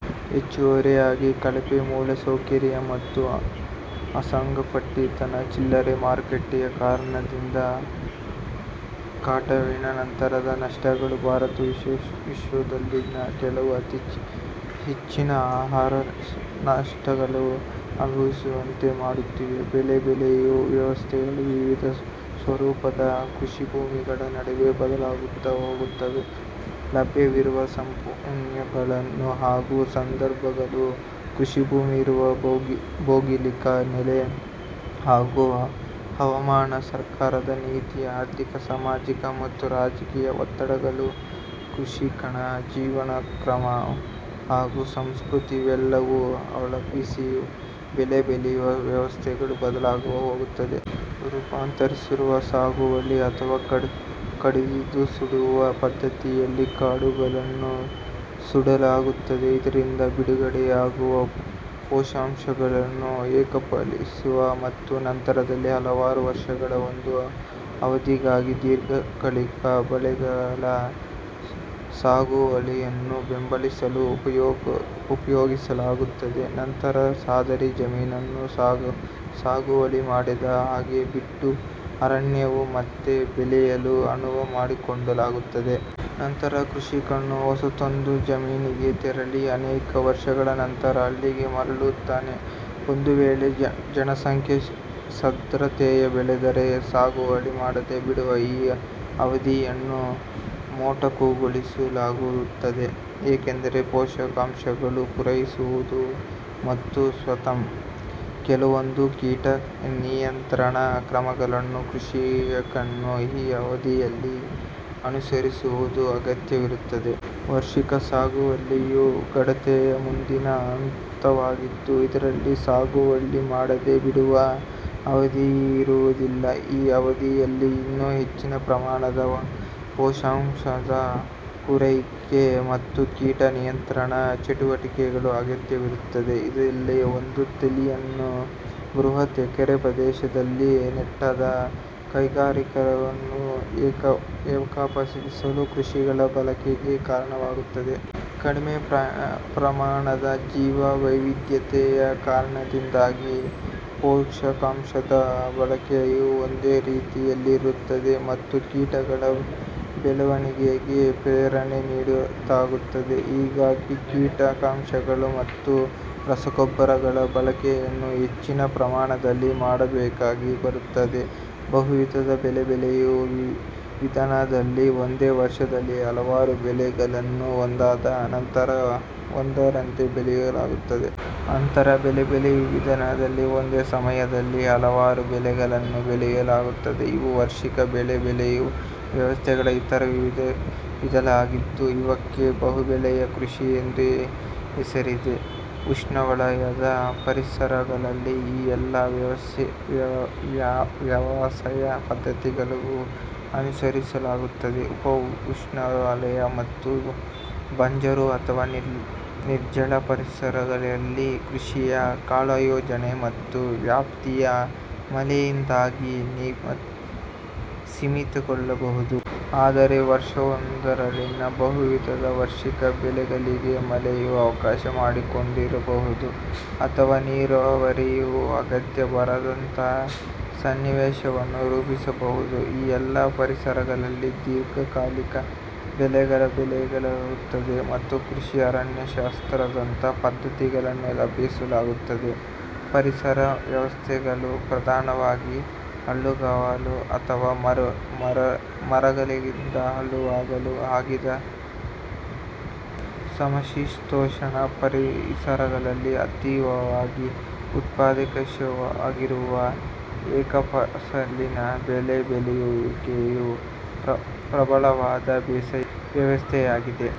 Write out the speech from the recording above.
ಹೆಚ್ಚುವರಿಯಾಗಿ, ಕಳಪೆ ಮೂಲಸೌಕರ್ಯ ಮತ್ತು ಅಸಂಘಟಿತ ಚಿಲ್ಲರೆ ಮಾರುಕಟ್ಟೆಯ ಕಾರಣದಿಂದ ಕಟಾವಿನ ನಂತರದ ನಷ್ಟಗಳು ಭಾರತವು ವಿಶ್ವದಲ್ಲಿನ ಕೆಲವು ಅತಿ ಹೆಚ್ಚಿನ ಆಹಾರ ನಷ್ಟಗಳು ಅನುಭವಿಸುವಂತೆ ಮಾಡುತ್ತಿವೆ. ಬೆಳೆ ಬೆಳೆಯುವ ವ್ಯವಸ್ಥೆಗಳು ವಿವಿಧ ಸ್ವರೂಪದ ಕೃಷಿಭೂಮಿಗಳ ನಡುವೆ ಬದಲಾಗುತ್ತಾ ಹೋಗುತ್ತವೆ. ಲಭ್ಯವಿರುವ ಸಂಪನ್ಮೂಲಗಳು ಹಾಗೂ ನಿರ್ಬಂಧಗಳು; ಕೃಷಿಭೂಮಿ ಇರುವ ಭೌಗೋಳಿಕ ನೆಲೆ ಹಾಗೂ ಹವಾಮಾನ; ಸರ್ಕಾರದ ನೀತಿ; ಆರ್ಥಿಕ, ಸಾಮಾಜಿಕ ಮತ್ತು ರಾಜಕೀಯ ಒತ್ತಡಗಳು; ಕೃಷಿಕನ ಜೀವನಕ್ರಮ ಹಾಗೂ ಸಂಸ್ಕೃತಿ ಇವೆಲ್ಲದನ್ನೂ ಅವಲಂಬಿಸಿ ಬೆಳೆ ಬೆಳೆಯುವ ವ್ಯವಸ್ಥೆಗಳು ಬದಲಾಗುತ್ತಾ ಹೋಗುತ್ತವೆ. ರೂಪಾಂತರಿಸುವ ಸಾಗುವಳಿ ಅಥವಾ ಕಡಿದು ಸುಡುವ ಪದ್ಧತಿಯಲ್ಲಿ ಕಾಡುಗಳನ್ನು ಸುಡಲಾಗುತ್ತದೆ. ಇದರಿಂದ ಬಿಡುಗಡೆಯಾಗುವ ಪೋಷಕಾಂಶಗಳನ್ನು ಏಕಫಸಲಿನ ಮತ್ತು ನಂತರದಲ್ಲಿ ಹಲವಾರು ವರ್ಷಗಳ ಒಂದು ಅವಧಿಗಾಗಿ ದೀರ್ಘಕಾಲಿಕ ಬೆಳೆಗಳ ಸಾಗುವಳಿಯನ್ನು ಬೆಂಬಲಿಸಲು ಉಪಯೋಗಿಸಲಾಗುತ್ತದೆ. ನಂತರ ಸದರಿ ಜಮೀನನ್ನು ಸಾಗುವಳಿ ಮಾಡದೆ ಹಾಗೇ ಬಿಟ್ಟು, ಅರಣ್ಯವು ಮತ್ತೆ ಬೆಳೆಯಲು ಅನುವು ಮಾಡಿಕೊಡಲಾಗುತ್ತದೆ. ನಂತರ ಕೃಷಿಕನು ಹೊಸತೊಂದು ಜಮೀನಿಗೆ ತೆರಳಿ, ಅನೇಕ ವರ್ಷಗಳ ನಂತರ ಅಲ್ಲಿಗೆ ಮರಳುತ್ತಾನೆ. ಒಂದು ವೇಳೆ ಜನಸಂಖ್ಯಾ ಸಾಂದ್ರತೆಯು ಬೆಳೆದರೆ, ಸಾಗುವಳಿ ಮಾಡದೆ ಬಿಡುವ ಈ ಅವಧಿಯನ್ನು ಮೊಟಕುಗೊಳಿಸಲಾಗುತ್ತದೆ. ಏಕೆಂದರೆ, ಪೋಷಕಾಂಶಗಳು ಪೂರೈಸುವುದು ಮತ್ತು ಸ್ವತಃ ಕೆಲವೊಂದು ಕೀಟ ನಿಯಂತ್ರಣ ಕ್ರಮಗಳನ್ನು ಕೃಷಿಕನು ಈ ಅವಧಿಯಲ್ಲಿ ಅನುಸರಿಸುವುದು ಅಗತ್ಯವಿರುತ್ತದೆ. ವಾರ್ಷಿಕ ಸಾಗುವಳಿಯು ಗಾಢತೆಯ ಮುಂದಿನ ಹಂತವಾಗಿದ್ದು, ಇದರಲ್ಲಿ ಸಾಗುವಳಿ ಮಾಡದೆ ಬಿಡುವ ಅವಧಿಯಿರುವುದಿಲ್ಲ. ಈ ಅವಧಿಯಲ್ಲಿ ಇನ್ನೂ ಹೆಚ್ಚಿನ ಪ್ರಮಾಣದ ಪೋಷಕಾಂಶದ ಪೂರೈಕೆ ಮತ್ತು ಕೀಟ ನಿಯಂತ್ರಣದ ಚಟುವಟಿಕೆಗಳು ಅಗತ್ಯವಿರುತ್ತವೆ. ಇದಲ್ಲದೆ, ಒಂದು ತಳಿಯನ್ನು ಬೃಹತ್ ಎಕರೆ ಪ್ರದೇಶದಲ್ಲಿ ನೆಟ್ಟಾಗ, ಕೈಗಾರಿಕೀಕರಣವು ಏಕಫಸಲಿನ ಕೃಷಿಗಳ ಬಳಕೆಗೆ ಕಾರಣವಾಗುತ್ತದೆ. ಕಡಿಮೆ ಪ್ರಮಾಣದ ಜೀವ ವೈವಿಧ್ಯತೆ ಯ ಕಾರಣದಿಂದಾಗಿ, ಪೋಷಕಾಂಶದ ಬಳಕೆಯು ಒಂದೇ ರೀತಿಯಲ್ಲಿರುತ್ತದೆ, ಮತ್ತು ಕೀಟಗಳ ಬೆಳವಣಿಗೆಗೆ ಪ್ರೇರಣೆ ನೀಡಿದಂತಾಗುತ್ತದೆ. ಹೀಗಾಗಿ, ಕೀಟನಾಶಕಗಳ ಮತ್ತು ರಸಗೊಬ್ಬರಗಳ ಬಳಕೆಯನ್ನು ಹೆಚ್ಚಿನ ಪ್ರಮಾಣದಲ್ಲಿ ಮಾಡಬೇಕಾಗಿ ಬರುತ್ತದೆ. ಬಹುವಿಧದ ಬೆಳೆ ಬೆಳೆಯುವ ವಿಧಾನದಲ್ಲಿ, ಒಂದೇ ವರ್ಷದಲ್ಲಿ ಹಲವಾರು ಬೆಳೆಗಳನ್ನು ಒಂದಾದ ನಂತರ ಒಂದರಂತೆ ಬೆಳೆಯಲಾಗುತ್ತದೆ. ಅಂತರ ಬೆಳೆ ಬೆಳೆಯುವ ವಿಧಾನದಲ್ಲಿ ಒಂದೇ ಸಮಯದಲ್ಲಿ ಹಲವಾರು ಬೆಳೆಗಳನ್ನು ಬೆಳೆಯಲಾಗುತ್ತದೆ. ಇವು ವಾರ್ಷಿಕ ಬೆಳೆ ಬೆಳೆಯುವ ವ್ಯವಸ್ಥೆಗಳ ಇತರ ವಿಧಗಳಾಗಿದ್ದು, ಇವಕ್ಕೆ ಬಹುಬೆಳೆಯ ಕೃಷಿ ಎಂದು ಹೆಸರಿದೆ. ಉಷ್ಣವಲಯದ ಪರಿಸರಗಳಲ್ಲಿ ಈ ಎಲ್ಲ ವ್ಯವಸಾಯ ಪದ್ಧತಿಗಳನ್ನೂ ಅನುಸರಿಸಲಾಗುತ್ತದೆ. ಉಪ-ಉಷ್ಣವಲಯ ಮತ್ತು ಬಂಜರು ಅಥವಾ ನಿರ್ಜಲ ಪರಿಸರಗಳಲ್ಲಿ, ಕೃಷಿಯ ಕಾಲಯೋಜನೆ ಮತ್ತು ವ್ಯಾಪ್ತಿಯು ಮಳೆಯಿಂದಾಗಿ ಸೀಮಿತಗೊಳ್ಳಬಹುದು. ಅಂದರೆ, ವರ್ಷವೊಂದರಲ್ಲಿನ ಬಹುವಿಧದ ವಾರ್ಷಿಕ ಬೆಳೆಗಳಿಗೆ ಮಳೆಯು ಅವಕಾಶ ಮಾಡಿಕೊಡದಿರಬಹುದು, ಅಥವಾ ನೀರಾವರಿ ಯ ಅಗತ್ಯ ಬಾರದಂಥ ಸನ್ನಿವೇಶವನ್ನು ರೂಪಿಸಬಹುದು. ಈ ಎಲ್ಲ ಪರಿಸರಗಳಲ್ಲಿ ದೀರ್ಘಕಾಲಿಕ ಬೆಳೆಗಳನ್ನು ಬೆಳೆಯಲಾಗುತ್ತದೆ ಮತ್ತು ಕೃಷಿ ಅರಣ್ಯಶಾಸ್ತ್ರದಂಥ ಪದ್ಧತಿಗಳನ್ನು ಅಭ್ಯಸಿಸಲಾಗುತ್ತದೆ. ಪರಿಸರ ವ್ಯವಸ್ಥೆಗಳು ಪ್ರಧಾನವಾಗಿ ಹುಲ್ಲುಗಾವಲು ಅಥವಾ ಮರಗಳಿಲ್ಲದ ಹುಲ್ಲುಗಾವಲು ಆಗಿದ್ದ ಸಮಶೀತೋಷ್ಣ ಪರಿಸರಗಳಲ್ಲಿ ಅತೀವವಾಗಿ ಉತ್ಪಾದಕಶೀಲವಾಗಿರುವ ಏಕಫಸಲಿನ ಬೆಳೆ ಬೆಳೆಯುವಿಕೆಯು ಪ್ರಬಲವಾದ ಬೇಸಾಯ ವ್ಯವಸ್ಥೆಯಾಗಿದೆ.